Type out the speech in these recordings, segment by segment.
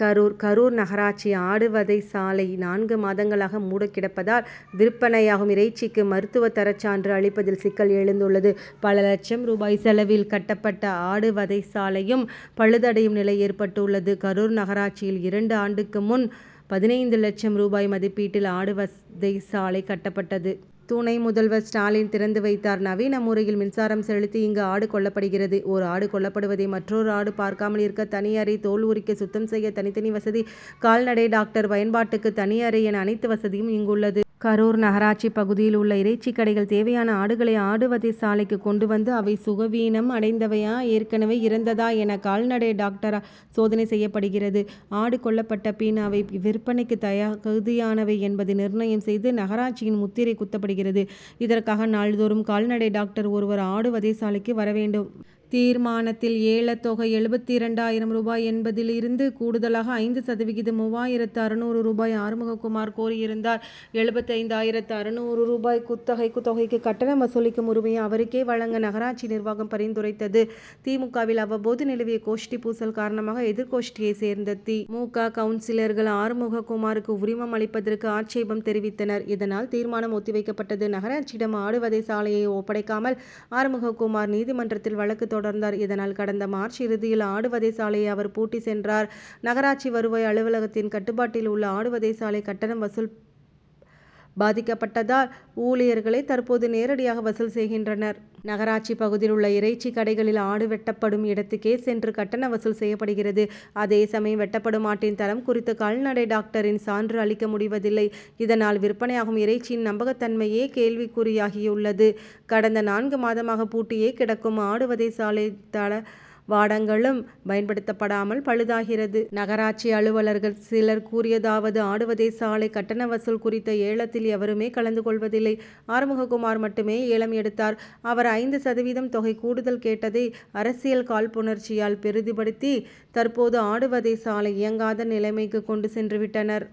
கரூர் கரூர் நகராட்சி ஆடு வதைச்சாலை நான்கு மாதங்களாக மூடிக்கிடப்பதால், விற்பனையாகும் இறைச்சிக்கு மருத்துவ தரச்சான்று அளிப்பதில் சிக்கல் எழுந்துள்ளது. பல லட்சம் ரூபாய் செலவில் கட்டப்பட்ட ஆடு வதைச்சாலையும் பழுதடையும் நிலை ஏற்பட்டுள்ளது. கரூர் நகராட்சியில் இரண்டு ஆண்டுக்கு முன் பதினைந்து லட்சம் ரூபாய் மதிப்பீட்டில் ஆடு வதைச்சாலை கட்டப்பட்டது. துணை முதல்வர் ஸ்டாலின் திறந்து வைத்தார். நவீன முறையில் மின்சாரம் செலுத்தி இங்கு ஆடு கொல்லப்படுகிறது. ஒரு ஆடு கொல்லப்படுவதை மற்றொரு ஆடு பார்க்காமல் இருக்க தனி அறை, தோல் உரிக்க, சுத்தம் செய்ய தனித்தனி வசதி, கால்நடை டாக்டர் பயன்பாட்டுக்கு தனி அறை என அனைத்து வசதியும் இங்குள்ளது. கரூர் நகராட்சி பகுதியில் உள்ள இறைச்சி கடைகள் தேவையான ஆடுகளை, ஆடுவதைச்சாலைக்கு கொண்டுவந்து, அவை, சுகவீனம் அடைந்தவையா? ஏற்கனவே இறந்ததா? என, கால்நடை டாக்டரால் சோதனை செய்யப்படுகிறது. ஆடு கொல்லப்பட்ட பின், அவை விற்பனைக்கு தகுதியானவை என்பதை நிர்ணயம் செய்து நகராட்சியின் முத்திரை குத்தப்படுகிறது. இதற்காக, நாள்தோறும் கால்நடை டாக்டர் ஒருவர், ஆடு வதைச்சாலைக்கு வரவேண்டும். தீர்மானத்தில் ஏலத்தொகை எழுபத்திரண்டாயிரம் ரூபாய் என்பதில் இருந்து, கூடுதலாக ஐந்து சதவீதமாக மூவாயிரத்து அறுநூறு ரூபாய் ஆறுமுகக்குமார் கோரியிருந்தார். எழுபத்தைந்தாயிரத்து அறுநூறு ரூபாய் குத்தகை தொகைக்கு, கட்டணம் வசூலிக்கும் உரிமையை அவருக்கே வழங்க நகராட்சி நிர்வாகம் பரிந்துரைத்தது. தி. மு. க.,வில் அப்போது நிலவிய கோஷ்டி பூசல் காரணமாக, எதிர்கோஷ்டியை சேர்ந்த தி. மு. க., கவுன்சிலர்கள் ஆறுமுகக்குமாருக்கு உரிமம் அளிப்பதற்கு ஆட்சேபம் தெரிவித்தனர். இதனால் தீர்மானம் ஒத்திவைக்கப்பட்டது. நகராட்சியிடம் ஆடு வதைச்சாலையை ஒப்படைக்காமல், ஆறுமுகக்குமார் நீதிமன்றத்தில் வழக்கு தொடர்ந்தார். இதனால், கடந்த மார்ச் இறுதியில் ஆடு வதைச்சாலையை அவர் பூட்டிச் சென்றார். நகராட்சி வருவாய் அலுவலகத்தின் கட்டுப்பாட்டில் உள்ள ஆடு வதைச்சாலை கட்டணம் வசூல் பாதிக்கப்பட்டதால், ஊ ழியர்களே தற்போது நேரடியாக வசூல் செய்கின்றனர். நகராட்சி பகுதியில் உள்ள இறைச்சி கடைகளில், ஆடு வெட்டப்படும் இடத்துக்கேச் சென்று கட்டண வசூல் செய்யப்படுகிறது. அதே சமயம், வெட்டப்படும் ஆட்டின் தரம் குறித்து கால்நடை டாக்டரின் சான்று அளிக்கமுடிவதில்லை. இதனால், விற்பனையாகும் இறைச்சியின் நம்பகத்தன்மையே கேள்விக்குறியாகியுள்ளது. கடந்த நான்கு மாதமாக பூட்டியே கிடக்கும் ஆடு வதைச்சாலை தளவாடங்களும் பயன்படுத்தப்படாமல் பழுதாகிறது. நகராட்சி அலுவலர்கள் சிலர் கூறியதாவது ஆடுவதை சாலை கட்டண வசூல் குறித்த ஏலத்தில் எவருமே கலந்து கொள்வதில்லை. ஆறுமுகக்குமார் மட்டுமே ஏலம் எடுத்தார். அவர் ஐந்து சதவீதம் தொகை கூடுதல் கேட்டதை, அரசியல் காழ்ப்புணர்ச்சியால் பெரிதுபடுத்தி, தற்போது ஆடுவதை சாலை இயங்காத நிலைமைக்கு கொண்டு சென்றுவிட்டனர்.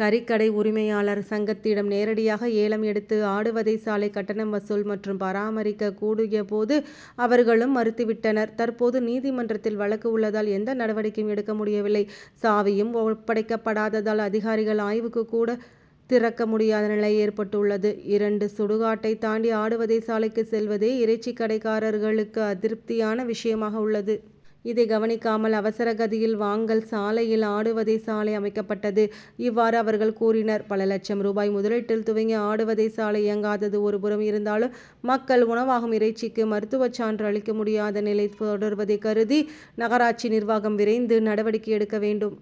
கறிக்கடை உரிமையாளர் சங்கத்திடம், நேரடியாக ஏலம் எடுத்து ஆடு வதைச்சாலை கட்டணம் வசூல் மற்றும் பராமரிக்க கூறியபோது அவர்களும் மறுத்துவிட்டனர். தற்போது, நீதிமன்றத்தில் வழக்கு உள்ளதால் எந்த நடவடிக்கையும் எடுக்க முடியவில்லை. சாவியும் ஒப்படைக்கப்படாததால், அதிகாரிகள் ஆய்வுக்குக்கூட திறக்க முடியாத நிலை ஏற்பட்டுள்ளது. இரண்டு சுடுகாட்டை தாண்டி ஆடுவதை சாலைக்கு செல்வதே இறைச்சி கடைக்காரர்களுக்கு அதிருப்தியான விஷயமாக உள்ளது. இதை கவனிக்காமல், அவசர கதியில் வாங்கல் சாலையில் ஆடுவதைச்சாலை அமைக்கப்பட்டது. இவ்வாறு அவர்கள் கூறினர். பல லட்சம் ரூபாய் முதலீட்டில் துவங்கிய ஆடு வதைச்சாலை இயங்காதது ஒருபுறம் இருந்தாலும், மக்கள் உணவாகும் இறைச்சிக்கு மருத்துவச்சான்று அளிக்க முடியாதநிலை தொடர்வதை கருதி, நகராட்சி நிர்வாகம் விரைந்து நடவடிக்கை எடுக்க வேண்டும்.